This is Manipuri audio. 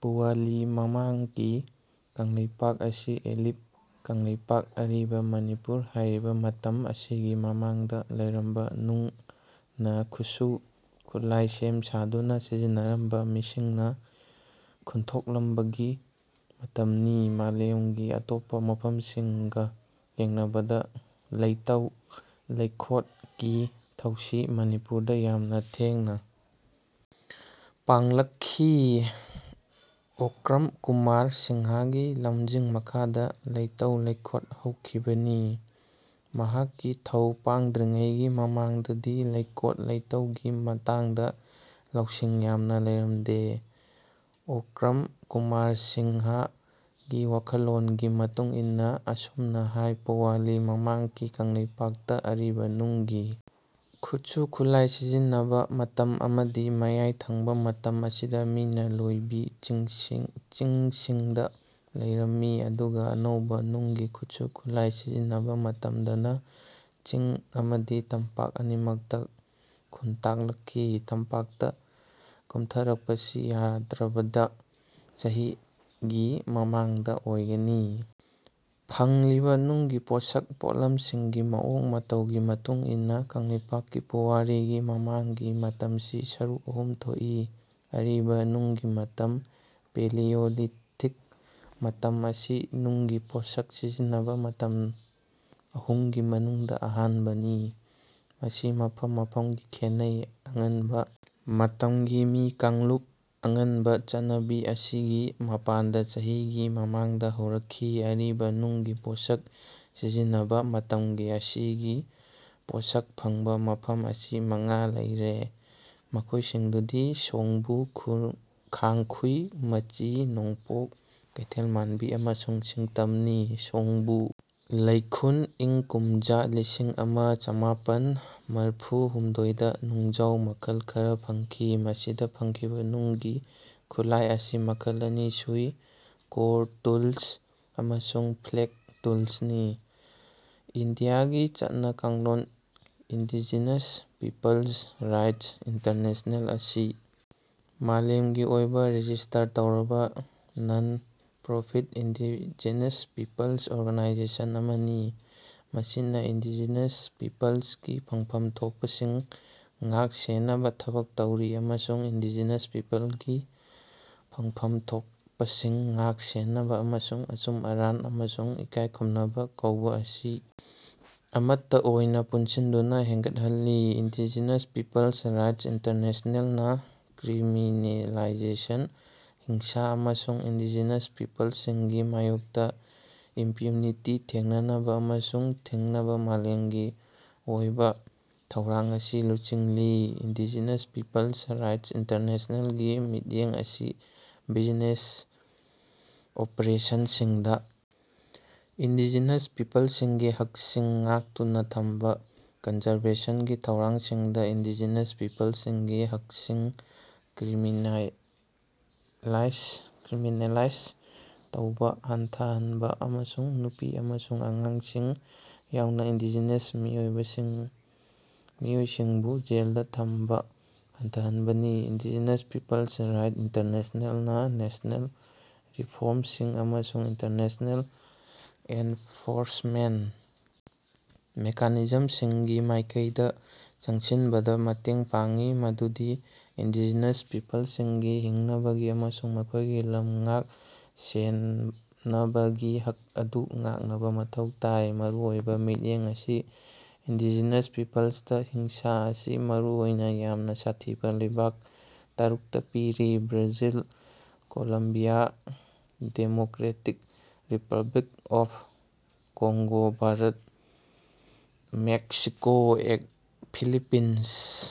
ꯄꯨꯋꯥꯂꯤ ꯃꯃꯥꯡꯀꯤ ꯀꯪꯂꯩꯄꯥꯛ ꯑꯁꯤ ꯑꯂꯤꯄ ꯀꯪꯂꯩꯄꯥꯛ ꯑꯔꯤꯕ ꯃꯅꯤꯄꯨꯔ ꯍꯥꯢꯔꯤꯕ ꯃꯇꯝ ꯑꯁꯤꯒꯤ ꯃꯃꯥꯡꯗ ꯂꯩꯔꯝꯕ ꯅꯨꯡꯅ ꯈꯨꯠꯁꯨ ꯈꯨꯠꯂꯥꯢ ꯁꯦꯝ ꯁꯥꯗꯨꯅ ꯁꯤꯖꯤꯟꯅꯔꯝꯕ ꯃꯤꯁꯤꯡꯅ ꯈꯨꯟꯊꯣꯛꯂꯝꯕꯒꯤ ꯃꯇꯝꯅꯤ꯫ ꯃꯥꯂꯦꯝꯒꯤ ꯑꯇꯣꯞꯄ ꯃꯐꯝꯁꯤꯡꯒ ꯌꯦꯡꯅꯕꯗ ꯂꯩꯇꯧ ꯂꯩꯈꯣꯠ ꯀꯤ ꯊꯧꯁꯤ ꯃꯅꯤꯄꯨꯔꯗ ꯌꯥꯝꯅ ꯊꯦꯡꯅ ꯄꯥꯡꯂꯛꯈꯤ꯫ ꯑꯣꯀ꯭ꯔꯝ ꯀꯨꯃꯥꯔ ꯁꯤꯡꯍꯒꯤ ꯂꯝꯖꯤꯡ ꯃꯈꯥꯗ ꯂꯩꯇꯧ ꯂꯩꯈꯣꯠ ꯍꯧꯈꯤꯕꯅꯤ꯫ ꯃꯍꯥꯛꯀꯤ ꯊꯧ ꯄꯥꯡꯗ꯭ꯔꯤꯉꯩꯒꯤ ꯃꯃꯥꯡꯗꯗꯤ ꯂꯩꯀꯣꯠ ꯂꯩꯇꯧꯒꯤ ꯃꯇꯥꯡꯗ ꯂꯧꯁꯤꯡ ꯌꯥꯝꯅ ꯂꯩꯔꯝꯗꯦ꯫ ꯑꯣꯀ꯭ꯔꯝ ꯀꯨꯃꯥꯔ ꯁꯤꯡꯍ ꯒꯤ ꯋꯥꯈꯜꯂꯣꯟꯒꯤ ꯃꯇꯨꯡꯏꯟꯅ ꯑꯁꯨꯝꯅ ꯍꯥꯢ ꯄꯨꯋꯥꯂꯤ ꯃꯃꯥꯡꯀꯤ ꯀꯪꯂꯩꯄꯥꯛ ꯇ ꯑꯔꯤꯕ ꯅꯨꯡꯒꯤ ꯈꯨꯠꯁꯨ ꯈꯨꯠꯂꯥꯢ ꯁꯤꯖꯤꯟꯅꯕ ꯃꯇꯝ ꯑꯃꯗꯤ ꯃꯌꯥꯢ ꯊꯪꯕ ꯃꯇꯝ ꯑꯁꯤꯗ ꯃꯤꯅ ꯂꯣꯢꯕꯤ ꯆꯤꯡꯁꯤꯡꯗ ꯂꯩꯔꯝꯃꯤ ꯑꯗꯨꯒ ꯑꯅꯧꯕ ꯅꯨꯡꯒꯤ ꯈꯨꯠꯁꯨ ꯈꯨꯠꯂꯥꯢ ꯁꯤꯖꯤꯟꯅꯕ ꯃꯇꯝꯗꯅ ꯆꯤꯡ ꯑꯃꯗꯤ ꯇꯝꯄꯥꯛ ꯑꯅꯤꯃꯛꯇ ꯈꯨꯟꯇꯥꯂꯛꯈꯤ꯫ ꯇꯝꯄꯥꯛ ꯇ ꯀꯨꯝꯊꯔꯛꯄꯁꯤ ꯌꯥꯝꯗ꯭ꯔꯕꯗ ꯆꯍꯤ ꯒꯤ ꯃꯃꯥꯡꯗ ꯑꯣꯢꯒꯅꯤ꯫ ꯐꯪꯂꯤꯕ ꯅꯨꯡꯒꯤ ꯄꯣꯠꯁꯛ ꯄꯣꯠꯂꯝꯁꯤꯡꯒꯤ ꯃꯑꯣꯡ ꯃꯇꯧꯒꯤ ꯃꯇꯨꯡꯏꯟꯅ ꯀꯪꯂꯩꯄꯥꯛꯀꯤ ꯄꯨꯋꯥꯔꯤꯒꯤ ꯃꯃꯥꯡꯒꯤ ꯃꯇꯝꯁꯤ ꯁꯔꯨꯛ ꯑꯍꯨꯝ ꯊꯣꯛꯏ꯫ ꯑꯔꯤꯕ ꯅꯨꯡꯒꯤ ꯃꯇꯝ ꯄꯦꯂꯤꯌꯣꯂꯤꯊꯤꯛ ꯃꯇꯝ ꯑꯁꯤ ꯅꯨꯡꯒꯤ ꯄꯣꯠꯁꯛ ꯁꯤꯖꯤꯟꯅꯕ ꯃꯇꯝ ꯑꯍꯨꯝꯒꯤ ꯃꯅꯨꯡꯗ ꯑꯍꯥꯟꯕ ꯅꯤ꯫ ꯃꯁꯤ ꯃꯐꯝ ꯃꯐꯝꯒꯤ ꯈꯦꯟꯅꯩ꯫ ꯑꯉꯟꯕ ꯃꯇꯝꯒꯤ ꯃꯤ ꯀꯥꯡꯂꯨꯞ ꯑꯉꯟꯕ ꯆꯠꯅꯕꯤ ꯑꯁꯤ ꯒꯤ ꯃꯄꯥꯟꯗ ꯆꯍꯤ ꯒꯤ ꯃꯃꯥꯡꯗ ꯍꯧꯔꯛꯈꯤ꯫ ꯑꯔꯤꯕ ꯅꯨꯡꯒꯤ ꯄꯣꯠꯁꯛ ꯁꯤꯖꯤꯟꯅꯕ ꯃꯇꯝ ꯑꯁꯤꯒꯤ ꯄꯣꯠꯁꯛ ꯐꯪꯕ ꯃꯐꯝ ꯑꯁꯤ ꯃꯉꯥ ꯂꯩꯔꯦ ꯃꯈꯣꯢꯁꯤꯡꯗꯨꯗꯤ ꯁꯣꯡꯕꯨ ꯈꯥꯡꯈꯨꯏ ꯃꯆꯤ ꯅꯣꯡꯄꯣꯛ ꯀꯩꯊꯦꯜꯃꯥꯟꯕꯤ ꯑꯃꯁꯨꯡ ꯁꯤꯡꯇꯝꯅꯤ꯫ ꯁꯣꯡꯕꯨ ꯂꯩꯈꯨꯟ ꯏꯪ ꯀꯨꯝꯖꯥ ꯂꯤꯁꯤꯡ ꯑꯃ ꯆꯃꯥꯄꯟ ꯃꯔꯐꯨ ꯍꯨꯝꯗꯣꯏꯗ ꯅꯨꯡꯖꯥꯎ ꯃꯈꯜ ꯈꯔꯥ ꯐꯪꯈꯤ꯫ ꯃꯁꯤꯗ ꯐꯪꯈꯤꯕ ꯅꯨꯡꯒꯤ ꯈꯨꯠꯂꯥꯏ ꯑꯁꯤ ꯃꯈꯜ ꯑꯅꯤ ꯁꯨꯏ ꯀꯣꯔ ꯇꯨꯜꯁ ꯑꯃꯁꯨꯡ ꯐ꯭ꯂꯦꯛ ꯇꯨꯜꯁꯅꯤ꯫ ꯏꯟꯗꯤꯌꯥꯒꯤ ꯆꯠꯅ ꯀꯥꯡꯂꯣꯟ ꯏꯟꯗꯤꯖꯤꯅꯁ ꯄꯤꯄꯜ꯭ꯁ ꯔꯥꯏꯠꯁ ꯏꯟꯇꯔꯅꯦꯁꯅꯦꯜ ꯑꯁꯤ ꯃꯥꯂꯦꯝꯒꯤ ꯑꯣꯏꯕ ꯔꯦꯖꯤꯁ꯭ꯇꯔ ꯇꯧꯔꯕ non profit indigenous peoples organisation ꯑꯃꯅꯤ꯫ ꯃꯁꯤꯅ ꯏꯟꯗꯤꯖꯤꯅꯁ ꯄꯤꯄꯜ꯭ꯁꯀꯤ ꯐꯪꯐꯝ ꯊꯣꯛꯄꯁꯤꯡꯒꯤ ꯉꯥꯛ ꯁꯦꯟꯅꯕ ꯊꯕꯛ ꯇꯧꯔꯤ ꯑꯃꯁꯨꯡ ꯏꯟꯗꯤꯖꯤꯅꯁ ꯄꯤꯄꯜ꯭ꯁꯀꯤ ꯐꯪꯐꯝ ꯊꯣꯛꯄꯁꯤꯡ ꯉꯥꯛ ꯁꯦꯟꯅꯕ ꯑꯃꯁꯨꯡ ꯑꯆꯨꯝ ꯑꯔꯥꯟ ꯑꯃꯁꯨꯡ ꯏꯀꯥꯏꯈꯨꯝꯅꯕ ꯀꯧꯕ ꯑꯁꯤ ꯑꯃꯠꯇ ꯑꯣꯏꯅ ꯄꯨꯟꯁꯤꯟꯗꯨꯅ ꯍꯦꯟꯒꯠꯍꯜꯂꯤ꯫ ꯏꯟꯗꯤꯖꯤꯅꯁ ꯄꯤꯄꯜ꯭ꯁ ꯔꯥꯏꯠꯁ ꯏꯟꯇꯔꯅꯦꯁꯅꯦꯜ ꯅꯥ ꯀ꯭ꯔꯤꯃꯤꯅꯦꯂꯥꯏꯖꯦꯁꯟ ꯍꯤꯡꯁꯥ ꯑꯃꯁꯨꯡ ꯏꯟꯗꯤꯖꯦꯅꯁ ꯄꯤꯄꯜꯁꯤꯡꯒꯤ ꯃꯥꯌꯣꯛꯇꯥ ꯏꯝꯄ꯭ꯌꯨꯅꯤꯇꯤ ꯊꯦꯡꯅꯅꯕꯥ ꯑꯃꯁꯨꯡ ꯊꯤꯡꯅꯕꯥ ꯃꯥꯂꯦꯝꯒꯤ ꯑꯣꯏꯕꯥ ꯊꯧꯔꯥꯡ ꯑꯁꯤ ꯂꯨꯆꯤꯡꯂꯤ꯫ ꯏꯟꯗꯤꯖꯤꯅꯁ ꯄꯤꯄꯜ꯭ꯁ ꯔꯥꯏꯠꯁ ꯏꯟꯇꯔꯅꯦꯁꯅꯦꯜ ꯒꯤ ꯃꯤꯠꯌꯦꯡ ꯑꯁꯤ ꯕꯤꯖꯤꯅꯦꯁ ꯑꯣꯄꯔꯦꯁꯟꯁꯤꯡꯗꯥ ꯏꯟꯗꯤꯖꯤꯅꯁ ꯄꯤꯄꯜꯁꯤꯡꯒꯤ ꯍꯛꯁꯤꯡ ꯉꯥꯛꯇꯨꯅꯥ ꯊꯝꯕꯥ ꯀꯟꯖꯔꯕꯦꯁꯟꯒꯤ ꯊꯧꯔꯥꯡꯁꯤꯡꯗꯥ ꯏꯟꯗꯤꯖꯤꯅꯁ ꯄꯤꯄꯜꯁꯤꯡꯒꯤ ꯍꯛꯁꯤꯡ ꯀ꯭ꯔꯤꯃꯤꯅꯥꯏ ꯀ꯭ꯔꯤꯃꯤꯅꯦꯂꯥꯏꯖ ꯇꯧꯕꯥ ꯍꯟꯊꯍꯟꯕꯥ ꯑꯃꯁꯨꯡ ꯅꯨꯄꯤ ꯑꯃꯁꯨꯡ ꯑꯉꯥꯡꯁꯤꯡ ꯌꯥꯎꯅꯥ ꯏꯟꯗꯤꯖꯤꯅꯁ ꯃꯤꯑꯣꯏꯕꯁꯤꯡ ꯃꯤꯑꯣꯏꯁꯤꯡꯕꯨ ꯖꯦꯜꯗꯥ ꯊꯝꯕꯥ ꯍꯟꯊꯍꯟꯕꯅꯤ꯫ ꯏꯟꯗꯤꯖꯤꯅꯁ ꯄꯤꯄꯜ꯭ꯁ ꯔꯥꯏꯠꯁ ꯏꯟꯇꯔꯅꯦꯁꯅꯦꯜ ꯅꯥ ꯅꯦꯁꯅꯦꯜ ꯔꯤꯐꯣꯔꯝꯁꯤꯡ ꯑꯃꯁꯨꯡ ꯏꯟꯇꯔꯅꯦꯁꯅꯦꯜ ꯑꯦꯟꯐꯣꯔꯁꯃꯦꯟꯠ ꯃꯦꯀꯥꯅꯤꯖꯝꯁꯤꯡꯒꯤ ꯃꯥꯏꯀꯩꯗꯥ ꯆꯪꯁꯤꯟꯕꯗꯥ ꯃꯇꯦꯡ ꯄꯥꯡꯏ ꯃꯗꯨꯗꯤ ꯏꯟꯗꯤꯖꯤꯅꯁ ꯄꯤꯄꯜꯁꯤꯡꯒꯤ ꯍꯤꯡꯅꯕꯒꯤ ꯑꯃꯁꯨꯡ ꯃꯈꯣꯏꯒꯤ ꯂꯝ ꯉꯥꯛ ꯁꯦꯅꯕꯒꯤ ꯍꯛ ꯑꯗꯨ ꯉꯥꯛꯅꯕꯥ ꯃꯊꯧ ꯇꯥꯏ꯫ ꯃꯔꯨꯑꯣꯏꯕꯥ ꯃꯤꯠꯌꯦꯡ ꯑꯁꯤ ꯏꯟꯗꯤꯖꯤꯅꯁ ꯄꯤꯄꯜꯁꯇꯥ ꯍꯤꯡꯁꯥ ꯑꯁꯤ ꯃꯔꯨꯑꯣꯏꯅꯥ ꯌꯥꯝꯅꯥ ꯁꯥꯊꯤꯕꯥ ꯂꯩꯕꯥꯛ ꯇꯔꯨꯛꯇꯥ ꯄꯤꯔꯤ Brazil Colombia Democratic Republic of Congo Bharat Mexico Philippines.